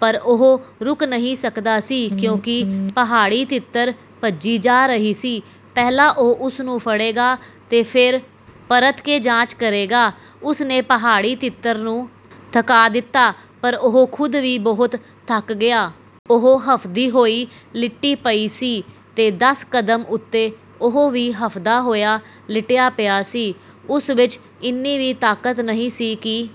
ਪਰ ਉਹ ਰੁਕ ਨਹੀਂ ਸਕਦਾ ਸੀ, ਕਿਉਂਕਿ ਪਹਾੜੀ ਤਿੱਤਰ ਭੱਜੀ ਜਾ ਰਹੀ ਸੀ। ਪਹਿਲਾਂ ਉਹ ਉਸਨੂੰ ਫੜੇਗਾ ਤੇ ਫਿਰ ਪਰਤ ਕੇ ਜਾਂਚ ਕਰੇਗਾ। ਉਸਨੇ ਪਹਾੜੀ ਤਿੱਤਰ ਨੂੰ ਥਕਾ ਦਿੱਤਾ, ਪਰ ਉਹ ਖੁਦ ਵੀ ਬਹੁਤ ਥੱਕ ਗਿਆ। ਉਹ ਹਫਦੀ ਹੋਈ ਲਿਟੀ ਪਈ ਸੀ ਤੇ ਦਸ ਕਦਮ ਉੱਤੇ ਉਹ ਵੀ ਹਫਦਾ ਹੋਇਆ ਲਿਟਿਆ ਪਿਆ ਸੀ। ਉਸ ਵਿੱਚ ਇੰਨੀ ਵੀ ਤਾਕਤ ਨਹੀਂ ਸੀ ਕਿ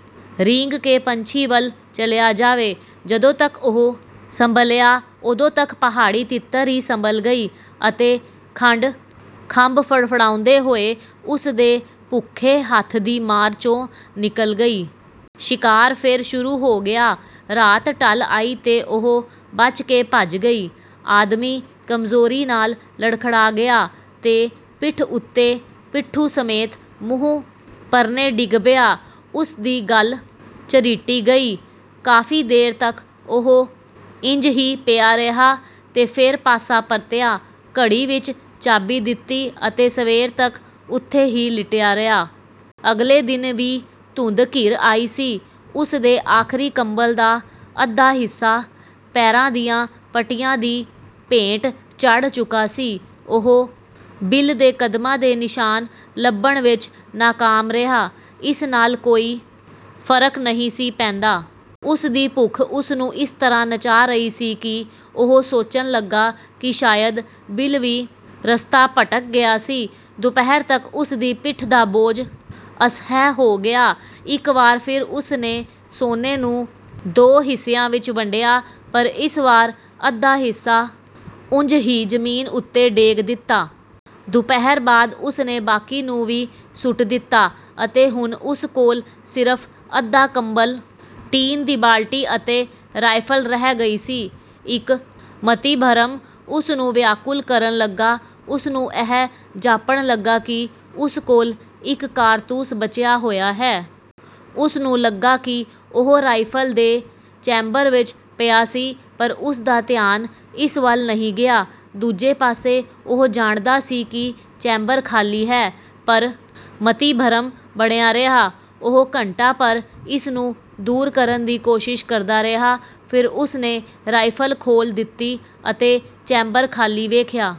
ਰੀਂਗ ਕੇ ਪੰਛੀ ਕੋਲ ਚਲਿਆ ਜਾਵੇ। ਜਦੋਂ ਤੱਕ ਉਹ ਸੰਭਲ਼ਿਆ, ਉਦੋਂ ਤੱਕ ਪਹਾੜੀ ਤਿੱਤਰ ਵੀ ਸੰਭਲ਼ ਗਈ ਅਤੇ ਖੰਭ ਫੜਫੜਾਉਂਦੇ ਹੋਏ ਉਸਦੇ ਭੁੱਖੇ ਹੱਥ ਦੀ ਮਾਰ 'ਚੋਂ ਨਿੱਕਲ਼ ਗਈ। ਸ਼ਿਕਾਰ ਫਿਰ ਸ਼ੁਰੂ ਹੋ ਗਿਆ। ਰਾਤ ਢਲ਼ ਆਈ ਤੇ ਉਹ ਬਚਕੇ ਭੱਜ ਗਈ। ਆਦਮੀ ਕਮਜ਼ੋਰੀ ਨਾਲ਼ ਲੜਖੜਾ ਗਿਆ ਤੇ ਪਿੱਠ ਉੱਤੇ ਪਿੱਠੂ ਸਮੇਤ ਮੂੰਹ ਪਰਨੇ ਡਿੱਗ ਪਿਆ। ਉਸਦੀ ਗੱਲ੍ਹ ਝਰੀਟੀ ਗਈ। ਕਾਫ਼ੀ ਦੇਰ ਤੱਕ ਉਹ ਇੰਝ ਹੀ ਪਿਆ ਰਿਹਾ ਤੇ ਫਿਰ ਪਾਸਾ ਪਰਤਿਆ, ਘੜੀ ਵਿੱਚ ਚਾਬੀ ਦਿੱਤੀ ਅਤੇ ਸਵੇਰੇ ਤੱਕ ਉਥੇ ਹੀ ਲਿਟਿਆ ਰਿਹਾ। ਅਗਲੇ ਦਿਨ ਵੀ ਧੁੰਦ ਘਿਰ ਆਈ ਸੀ। ਉਸਦੇ ਆਖਰੀ ਕੰਬਲ ਦਾ ਅੱਧਾ ਹਿੱਸਾ ਪੈਰਾਂ ਦੀਆਂ ਪੱਟੀਆਂ ਦੀ ਭੇਂਟ ਚੜ੍ਹ ਚੁੱਕਾ ਸੀ। ਉਹ ਬਿਲ ਦੇ ਕਦਮਾਂ ਦੇ ਨਿਸ਼ਾਨ ਲੱਭਣ ਵਿੱਚ ਨਾਕਾਮ ਰਿਹਾ। ਇਸ ਨਾਲ਼ ਕੋਈ ਫਰਕ ਨਹੀਂ ਸੀ ਪੈਂਦਾ। ਉਸਦੀ ਭੁੱਖ ਉਸਨੂੰ ਇਸ ਤਰ੍ਹਾਂ ਨਚਾ ਰਹੀ ਸੀ ਕਿ ਉਹ ਸੋਚਣ ਲੱਗਾ ਕਿ ਸ਼ਾਇਦ ਬਿਲ ਵੀ ਰਸਤਾ ਭਟਕ ਗਿਆ ਸੀ। ਦੁਪਹਿਰ ਤੱਕ ਉਸਦੀ ਪਿੱਠ ਦਾ ਬੋਝ ਅਸਹਿ ਹੋ ਗਿਆ। ਇੱਕ ਵਾਰ ਫਿਰ ਉਸਨੇ ਸੋਨੇ ਨੂੰ ਦੋ ਹਿੱਸਿਆਂ ਵਿੱਚ ਵੰਡਿਆ, ਪਰ ਇਸ ਵਾਰ ਅੱਧਾ ਹਿੱਸਾ ਉਂਝ ਹੀ ਜ਼ਮੀਨ ਉੱਤੇ ਡੇਗ ਦਿੱਤਾ। ਦੁਪਹਿਰ ਬਾਅਦ ਉਸਨੇ ਬਾਕੀ ਨੂੰ ਵੀ ਸੁੱਟ ਦਿੱਤਾ ਅਤੇ ਹੁਣ ਉਸ ਕੋਲ਼ ਸਿਰਫ ਅੱਧਾ ਕੰਬਲ, ਟੀਨ ਦੀ ਬਾਲਟੀ ਅਤੇ ਰਾਇਫਲ ਰਹਿ ਗਈ ਸੀ। ਇੱਕ ਮਤੀਭਰਮ ਉਸਨੂੰ ਵਿਆਕੁਲ ਕਰਨ ਲੱਗਾ। ਉਸਨੂੰ ਇਹ ਜਾਪਣ ਲੱਗਾ ਕਿ ਉਸ ਕੋਲ਼ ਇੱਕ ਕਾਰਤੂਸ ਬਚਿਆ ਹੋਇਆ ਹੈ। ਉਸਨੂੰ ਲੱਗਾ ਕਿ ਉਹ ਰਾਇਫਲ ਦੇ ਚੈਂਬਰ ਵਿੱਚ ਪਿਆ ਸੀ ਪਰ ਉਸਦਾ ਧਿਆਨ ਇਸ ਵੱਲ ਨਹੀਂ ਗਿਆ। ਦੂਜੇ ਪਾਸੇ, ਉਹ ਜਾਣਦਾ ਸੀ ਕਿ ਚੈਂਬਰ ਖਾਲੀ ਹੈ। ਪਰ ਮਤੀਭਰਮ ਬਣਿਆ ਰਿਹਾ। ਉਹ ਘੰਟਾ ਭਰ ਇਸਨੂੰ ਦੂਰ ਕਰਨ ਦੀ ਕੋਸ਼ਿਸ਼ ਕਰਦਾ ਰਿਹਾ, ਫਿਰ ਉਸਨੇ ਰਾਇਫਲ ਖੋਲ੍ਹ ਦਿੱਤੀ ਅਤੇ ਚੈਂਬਰ ਖਾਲੀ ਵੇਖਿਆ।